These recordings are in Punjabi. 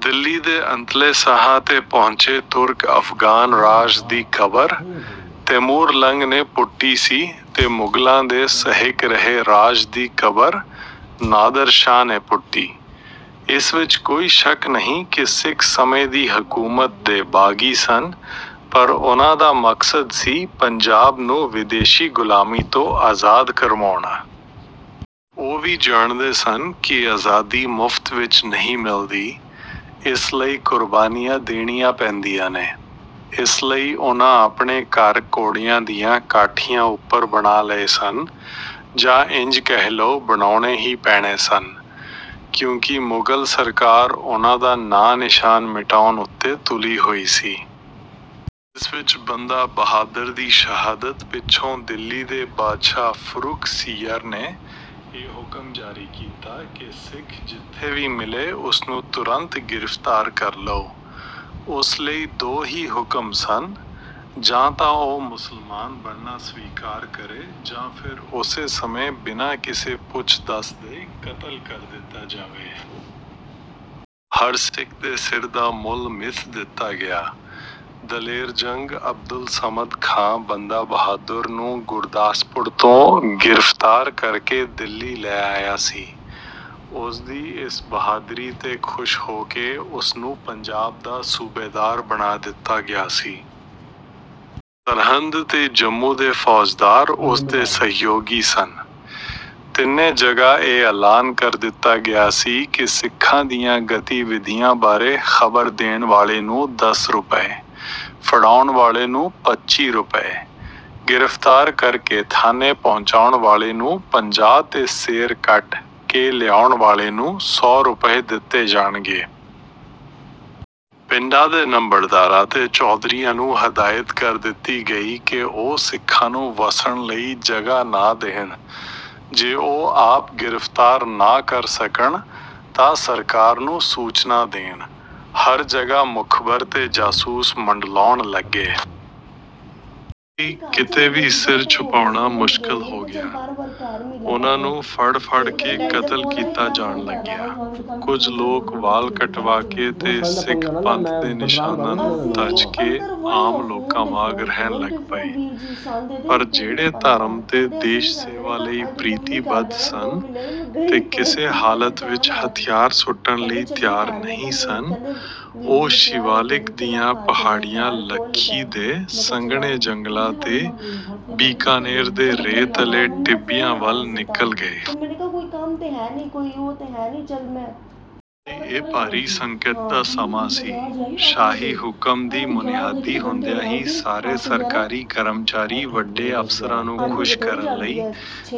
ਦਿੱਲੀ ਦੇ ਅੰਤਲੇ ਸਾਹਾਂ 'ਤੇ ਪਹੁੰਚੇ ਤੁਰਕ-ਅਫਗਾਨ ਰਾਜ ਦੀ ਖਬਰ ਤੈਮੂਰਲੰਗ ਨੇ ਪੁੱਟੀ ਸੀ ਤੇ ਮੁਗਲਾਂ ਦੇ ਸਹਿਕ ਰਹੇ ਰਾਜ ਦੀ ਕਬਰ ਨਾਦਰ ਸ਼ਾਹ ਨੇ ਪੁੱਟੀ। ਇਸ ਵਿੱਚ ਕੋਈ ਸ਼ੱਕ ਨਹੀਂ ਕਿ ਸਿੱਖ ਸਮੇਂ ਦੀ ਹਕੂਮਤ ਦੇ ਬਾਗੀ ਸਨ ਪਰ ਉਹਨਾਂ ਦਾ ਮਕਸਦ ਸੀ ਪੰਜਾਬ ਨੂੰ ਵਿਦੇਸ਼ੀ ਗ਼ੁਲਾਮੀ ਤੋਂ ਆਜ਼ਾਦ ਕਰਵਾਉਣਾ। ਉਹ ਵੀ ਜਾਣਦੇ ਸਨ ਕਿ ਆਜ਼ਾਦੀ ਮੁਫ਼ਤ ਵਿੱਚ ਨਹੀਂ ਮਿਲਦੀ ਇਸ ਲਈ ਕੁਰਬਾਨੀਆਂ ਦੇਣੀਆਂ ਪੈਂਦੀਆਂ ਨੇ। ਇਸ ਲਈ ਉਹਨਾਂ ਆਪਣੇ ਘਰ ਘੋੜਿਆਂ ਦੀਆਂ ਕਾਠੀਆਂ ਉੱਪਰ ਬਣਾ ਲਏ ਸਨ ਜਾਂ ਇੰਜ ਕਹਿ ਲਓ ਬਣਾਉਣੇ ਹੀ ਪੈਣੇ ਸਨ ਕਿਉਂਕਿ ਮੁਗਲ ਸਰਕਾਰ ਉਹਨਾਂ ਦਾ ਨਾਂ-ਨਿਸ਼ਾਨ ਮਿਟਾਉਣ ਉੱਤੇ ਤੁਲੀ ਹੋਈ ਸੀ। ਇਸ ਵਿੱਚ ਬੰਦਾ ਬਹਾਦਰ ਦੀ ਸ਼ਹਾਦਤ ਪਿੱਛੋਂ ਦਿੱਲੀ ਦੇ ਬਾਦਸ਼ਾਹ ਫਰੂੱਖ਼ ਸੀਯਰ ਨੇ ਇਹ ਹੁਕਮ ਜਾਰੀ ਕੀਤਾ ਕਿ ਸਿੱਖ ਜਿੱਥੇ ਵੀ ਮਿਲੇ ਉਸਨੂੰ ਤੁਰੰਤ ਗਿਰਫ਼ਤਾਰ ਕਰ ਲਓ। ਉਸ ਲਈ ਦੋ ਹੀ ਹੁਕਮ ਸਨ: ਜਾਂ ਤਾਂ ਉਹ ਮੁਸਲਮਾਨ ਬਣਨਾ ਸਵੀਕਾਰ ਕਰੇ ਜਾਂ ਫੇਰ ਉਸੇ ਸਮੇਂ ਬਿਨਾਂ ਕਿਸੇ ਪੁੱਛ-ਦੱਸ ਦੇ ਕਤਲ ਕਰ ਦਿੱਤਾ ਜਾਵੇ। ਹਰ ਸਿੱਖ ਦੇ ਸਿਰ ਦਾ ਮੁੱਲ ਮਿਥ ਦਿੱਤਾ ਗਿਆ। ਦਲੇਰ ਜੰਗ ਅਬਦੁਲ ਸਮਦ ਖਾਂ ਬੰਦਾ ਬਹਾਦੁਰ ਨੂੰ ਗੁਰਦਾਸਪੁਰ ਤੋਂ ਗਿਰਫ਼ਤਾਰ ਕਰਕੇ ਦਿੱਲੀ ਲੈ ਆਇਆ ਸੀ। ਉਸ ਦੀ ਇਸ ਬਹਾਦਰੀ 'ਤੇ ਖੁਸ਼ ਹੋ ਕੇ ਉਸਨੂੰ ਪੰਜਾਬ ਦਾ ਸੂਬੇਦਾਰ ਬਣਾ ਦਿੱਤਾ ਗਿਆ ਸੀ। ਸਰਹੰਦ ਤੇ ਜੰਮੂ ਦੇ ਫੌਜਦਾਰ ਉਸ ਦੇ ਸਹਿਯੋਗੀ ਸਨ। ਤਿੰਨੇ ਜਗ੍ਹਾ ਇਹ ਐਲਾਨ ਕਰ ਦਿੱਤਾ ਗਿਆ ਸੀ ਕਿ ਸਿੱਖਾਂ ਦੀਆਂ ਗਤੀਵਿਧੀਆਂ ਬਾਰੇ ਖਬਰ ਦੇਣ ਵਾਲੇ ਨੂੰ ਦਸ ਰੁਪਏ, ਫੜਾਉਣ ਵਾਲੇ ਨੂੰ ਪੱਚੀ ਰੁਪਏ, ਗਿਰਫ਼ਤਾਰ ਕਰਕੇ ਥਾਨੇ ਪਹੁੰਚਾਉਣ ਵਾਲੇ ਨੂੰ ਪੰਜਾਹ ਤੇ ਸਿਰ ਕੱਟ ਕੇ ਲਿਆਉਣ ਵਾਲੇ ਨੂੰ ਸੌ ਰੁਪਏ ਦਿੱਤੇ ਜਾਣਗੇ। ਪਿੰਡਾਂ ਦੇ ਨੰਬੜਦਾਰਾਂ ਤੇ ਚੌਧਰੀਆਂ ਨੂੰ ਹਦਾਇਤ ਕਰ ਦਿੱਤੀ ਗਈ ਕਿ ਉਹ ਸਿੱਖਾਂ ਨੂੰ ਵੱਸਣ ਲਈ ਜਗ੍ਹਾ ਨਾ ਦੇਣ। ਜੇ ਉਹ ਆਪ ਗਿਰਫ਼ਤਾਰ ਨਾ ਕਰ ਸਕਣ ਤਾਂ ਸਰਕਾਰ ਨੂੰ ਸੂਚਨਾ ਦੇਣ। ਹਰ ਜਗ੍ਹਾ ਮੁਖਬਰ ਤੇ ਜਾਸੂਸ ਮੰਡਲਾਉਣ ਲੱਗੇ। ਸਿੱਖਾਂ ਲਈ ਕਿਤੇ ਵੀ ਸਿਰ ਛੁਪਾਉਣਾ ਮੁਸ਼ਕਲ ਹੋ ਗਿਆ। ਉਹਨਾਂ ਨੂੰ ਫੜ੍ਹ-ਫੜ੍ਹ ਕੇ ਕਤਲ ਕੀਤਾ ਜਾਣ ਲੱਗਿਆ। ਕੁਝ ਲੋਕ ਵਾਲ ਕਟਵਾ ਕੇ ਤੇ ਸਿੱਖ ਪੰਥ ਦੇ ਨਿਸ਼ਾਨਾਂ ਨੂੰ ਤਜ ਕੇ ਆਮ ਲੋਕਾਂ ਵਾਂਗ ਰਹਿਣ ਲੱਗ ਪਏ ਪਰ ਜਿਹੜੇ ਧਰਮ ਤੇ ਦੇਸ਼-ਸੇਵਾ ਲਈ ਪ੍ਰੀਤੀਬੱਧ ਸਨ ਤੇ ਕਿਸੇ ਹਾਲਤ ਵਿੱਚ ਹਥਿਆਰ ਸੁੱਟਣ ਲਈ ਤਿਆਰ ਨਹੀਂ ਸਨ ਉਹ ਸ਼ਿਵਾਲਿਕ ਦੀਆਂ ਪਹਾੜੀਆਂ ਲੱਖੀ ਦੇ ਸੰਘਣੇ ਜੰਗਲਾਂ ਤੇ ਬੀਕਾਨੇਰ ਦੇ ਰੇਤਲੇ ਟਿੱਬਿਆਂ ਵੱਲ ਨਿਕਲ ਗਏ। ਸਿੱਖਾਂ ਲਈ ਇਹ ਭਾਰੀ ਸੰਕਟ ਦਾ ਸਮਾਂ ਸੀ। ਸ਼ਾਹੀ ਹੁਕਮ ਦੀ ਮੁਨਿਆਦੀ ਹੁੰਦਿਆਂ ਹੀ ਸਾਰੇ ਸਰਕਾਰੀ ਕਰਮਚਾਰੀ ਵੱਡੇ ਅਫਸਰਾਂ ਨੂੰ ਖੁਸ਼ ਕਰਨ ਲਈ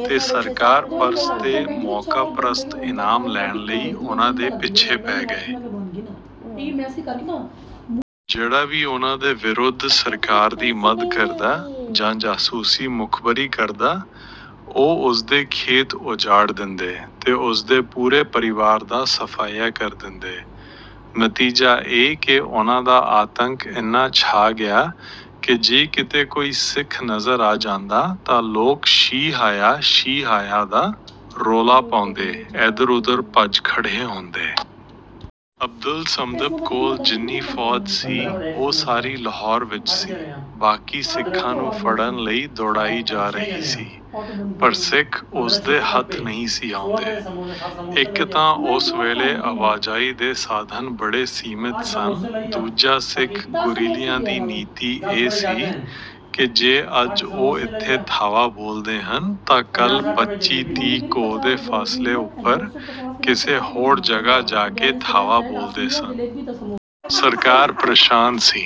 ਤੇ ਸਰਕਾਰ-ਪ੍ਰਸਤ ਤੇ ਮੌਕਾ-ਪ੍ਰਸਤ ਇਨਾਮ ਲੈਣ ਲਈ ਉਹਨਾਂ ਦੇ ਪਿੱਛੇ ਪੈ ਗਏ। ਜਿਹੜਾ ਵੀ ਉਹਨਾਂ ਦੇ ਵਿਰੁੱਧ ਸਰਕਾਰ ਦੀ ਮਦ ਕਰਦਾ ਜਾਂ ਜਾਸੂਸੀ ਮੁਖਬਰੀ ਕਰਦਾ ਉਹ ਉਸਦੇ ਖੇਤ ਉਜਾੜ ਦਿੰਦੇ ਤੇ ਉਸਦੇ ਪੂਰੇ ਪਰਿਵਾਰ ਦਾ ਸਫਾਇਆ ਕਰ ਦਿੰਦੇ। ਨਤੀਜਾ ਇਹ ਕਿ ਉਹਨਾਂ ਦਾ ਆਤੰਕ ਇੰਨਾ ਛਾ ਗਿਆ ਕਿ ਜੇ ਕਿਤੇ ਕੋਈ ਸਿੱਖ ਨਜ਼ਰ ਆ ਜਾਂਦਾ ਤਾਂ ਲੋਕ 'ਸ਼ੀਹ ਆਇਆ ਸ਼ੀਹ ਆਇਆ' ਦਾ ਰੌਲਾ ਪਾਉਂਦੇ ਏਧਰ-ਉਧਰ ਭੱਜ ਖੜ੍ਹੇ ਹੁੰਦੇ। ਅਬਦੁੱਲ ਸਮਦ ਕੋਲ ਜਿੰਨੀ ਫੌਜ ਸੀ ਉਹ ਸਾਰੀ ਲਾਹੌਰ ਵਿੱਚ ਸੀ ਬਾਕੀ ਸਿੱਖਾਂ ਨੂੰ ਫੜ੍ਹਨ ਲਈ ਦੌੜਾਈ ਜਾ ਰਹੀ ਸੀ ਪਰ ਸਿੱਖ ਉਸਦੇ ਹੱਥ ਨਹੀਂ ਸੀ ਆਉਂਦੇ। ਇੱਕ ਤਾਂ ਉਸ ਵੇਲੇ ਆਵਾਜਾਈ ਦੇ ਸਾਧਨ ਬੜੇ ਸੀਮਿਤ ਸਨ ਦੂਜਾ ਸਿੱਖ ਗੁਰੀਲਿਆਂ ਦੀ ਨੀਤੀ ਇਹ ਸੀ ਕਿ ਜੇ ਅੱਜ ਉਹ ਇੱਥੇ ਧਾਵਾ ਬੋਲਦੇ ਹਨ ਤਾਂ ਕੱਲ੍ਹ ਪੱਚੀ-ਤੀਹ ਕੋਹ ਦੇ ਫਾਸਲੇ ਉੱਪਰ ਕਿਸੇ ਹੋਰ ਜਗ੍ਹਾ ਜਾ ਕੇ ਧਾਵਾ ਬੋਲਦੇ ਸਨ। ਸਰਕਾਰ ਪ੍ਰੇਸ਼ਾਨ ਸੀ।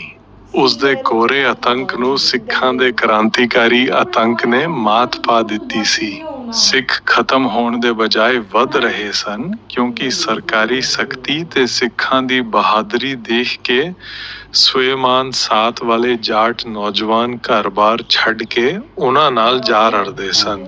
ਉਸ ਦੇ ਕੋਰੇ-ਅਤੰਕ ਨੂੰ ਸਿੱਖਾਂ ਦੇ ਕਰਾਂਤੀਕਾਰੀ-ਆਤੰਕ ਨੇ ਮਾਤ ਪਾ ਦਿੱਤੀ ਸੀ। ਸਿੱਖ ਖਤਮ ਹੋਣ ਦੇ ਬਜਾਏ ਵਧ ਰਹੇ ਸਨ ਕਿਉਂਕਿ ਸਰਕਾਰੀ ਸਖਤੀ ਤੇ ਸਿੱਖਾਂ ਦੀ ਬਹਾਦਰੀ ਦੇਖ ਕੇ ਸਵੈਮਾਨ ਸਾਥ ਵਾਲੇ ਜਾਟ ਨੌਜਵਾਨ ਘਰ-ਬਾਰ ਛੱਡ ਕੇ ਉਹਨਾਂ ਨਾਲ ਜਾ ਰਲਦੇ ਸਨ।